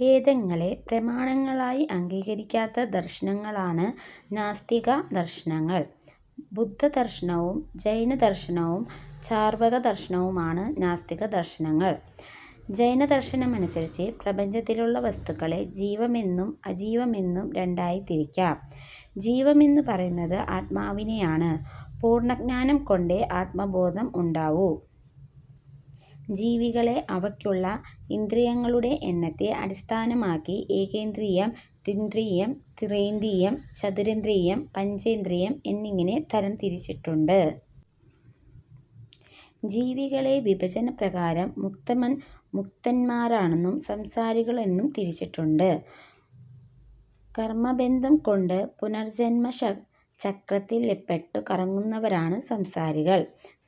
വേദങ്ങളെ പ്രമാണങ്ങളായി അംഗീകരിക്കാത്ത ദർശനങ്ങളാണ് നാസ്തിക ദർശനങ്ങൾ. ബുദ്ധദർശനവും ജൈനദർശനവും ചർവാകദർശനവുമാണ് നാസ്തിക ദർശനങ്ങൾ. ജൈനദർശനമനുസരിച്ച് പ്രപഞ്ചത്തിലുള്ള വസ്തുക്കളെ ജീവമെന്നും അജീവമെന്നും രണ്ടായി തിരിക്കാം. ജീവമെന്നു പറയുന്നത് ആത്മാവിനെയാണു. പൂർണ്ണജ്ഞാനം കൊണ്ടേ ആത്മബോധം ഉണ്ടാവൂ. ജീവികളെ അവയ്ക്കുള്ള ഇന്ദ്രിയങ്ങളുടെ എണ്ണത്തെ അടിസ്ഥാനമാക്കി ഏകേന്ദ്രിയം, ദ്വിന്ദ്രിയം, ത്രീന്ദ്രിയം, ചതുരിന്ദ്രിയം, പഞ്ചേന്ദ്രിയം എന്നിങ്ങനെ തരം തിരിച്ചിട്ടുണ്ട്. ജീവികളെ വിഭജനപ്രകാരം മുക്തന്മാരെന്നും സംസാരികളെന്നും തിരിച്ചിട്ടുണ്ട്. കർമ്മബന്ധം കൊണ്ടു പുനർജ്ജന്മചക്രത്തില്പെട്ടു കറങ്ങുന്നവരാണു സംസാരികൾ.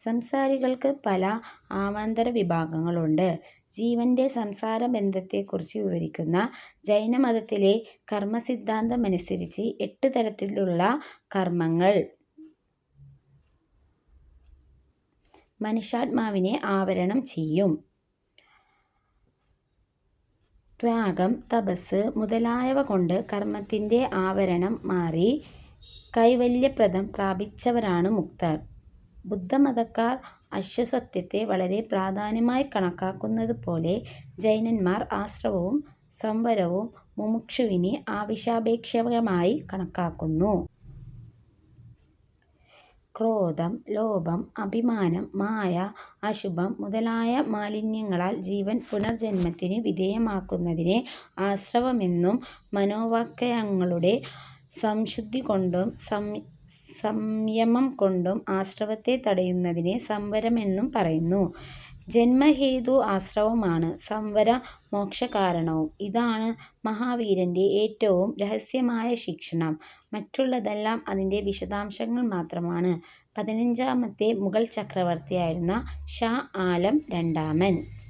സംസാരികൾക്കു പല അവാന്തരവിഭാഗങ്ങളുണ്ട്. ജീവന്റെ സംസാരബന്ധത്തെക്കുറിച്ചു വിവരിക്കുന്ന ജൈനമതത്തിലെ കർമ്മസിദ്ധാന്തമനുസരിച്ച് എട്ടുതരത്തിലുള്ള കർമ്മങ്ങൾ മനുഷ്യാത്മാവിനെ ആവരണം ചെയ്യും. ത്യാഗം, തപസ്സ് മുതലായവകൊണ്ടു കർമ്മത്തിന്റെ ആവരണം മാറി കൈവല്യപ്രദം പ്രാപിച്ചവരാണു മുക്തർ. ബുദ്ധമതക്കാർ അശ്വസത്യത്തെ വളരെ പ്രധാനമായി കണക്കാക്കുന്നതുപോലെ, ജൈനന്മാർ ആസ്രവവും സംവരവും മുമുക്ഷുവിന് ആവശ്യാപേക്ഷകമായി കണക്കാക്കുന്നു. ക്രോധം, ലോഭം, അഭിമാനം മായ, അശുഭം, മുതലായ മാലിന്യങ്ങളാൽ ജീവൻ പുനർജ്ജന്മത്തിനു വിധേയമാകുന്നതിനെ ആസ്രവമെന്നും, മനോവാക്കായങ്ങളുടെ സംശുദ്ധികൊണ്ടും, സംയമംകൊണ്ടും, ആസ്രവത്തെ തടയുന്നതിനെ സംവരമെന്നും പറയുന്നു. " ജന്മഹേതു ആസ്രവമാണു; സംവരം മോക്ഷകാരണവും. ഇതാണു മഹാവീരന്റെ ഏറ്റവും രഹസ്യമായ ശിക്ഷണം. മറ്റുള്ളതെല്ലാം അതിന്റെ വിശദാംശങ്ങൾ മാത്രമാണു". പതിനഞ്ചാമത്തെ മുഗൾ ചക്രവർത്തിയായിരുന്ന ഷാ ആലം രണ്ടാമൻ.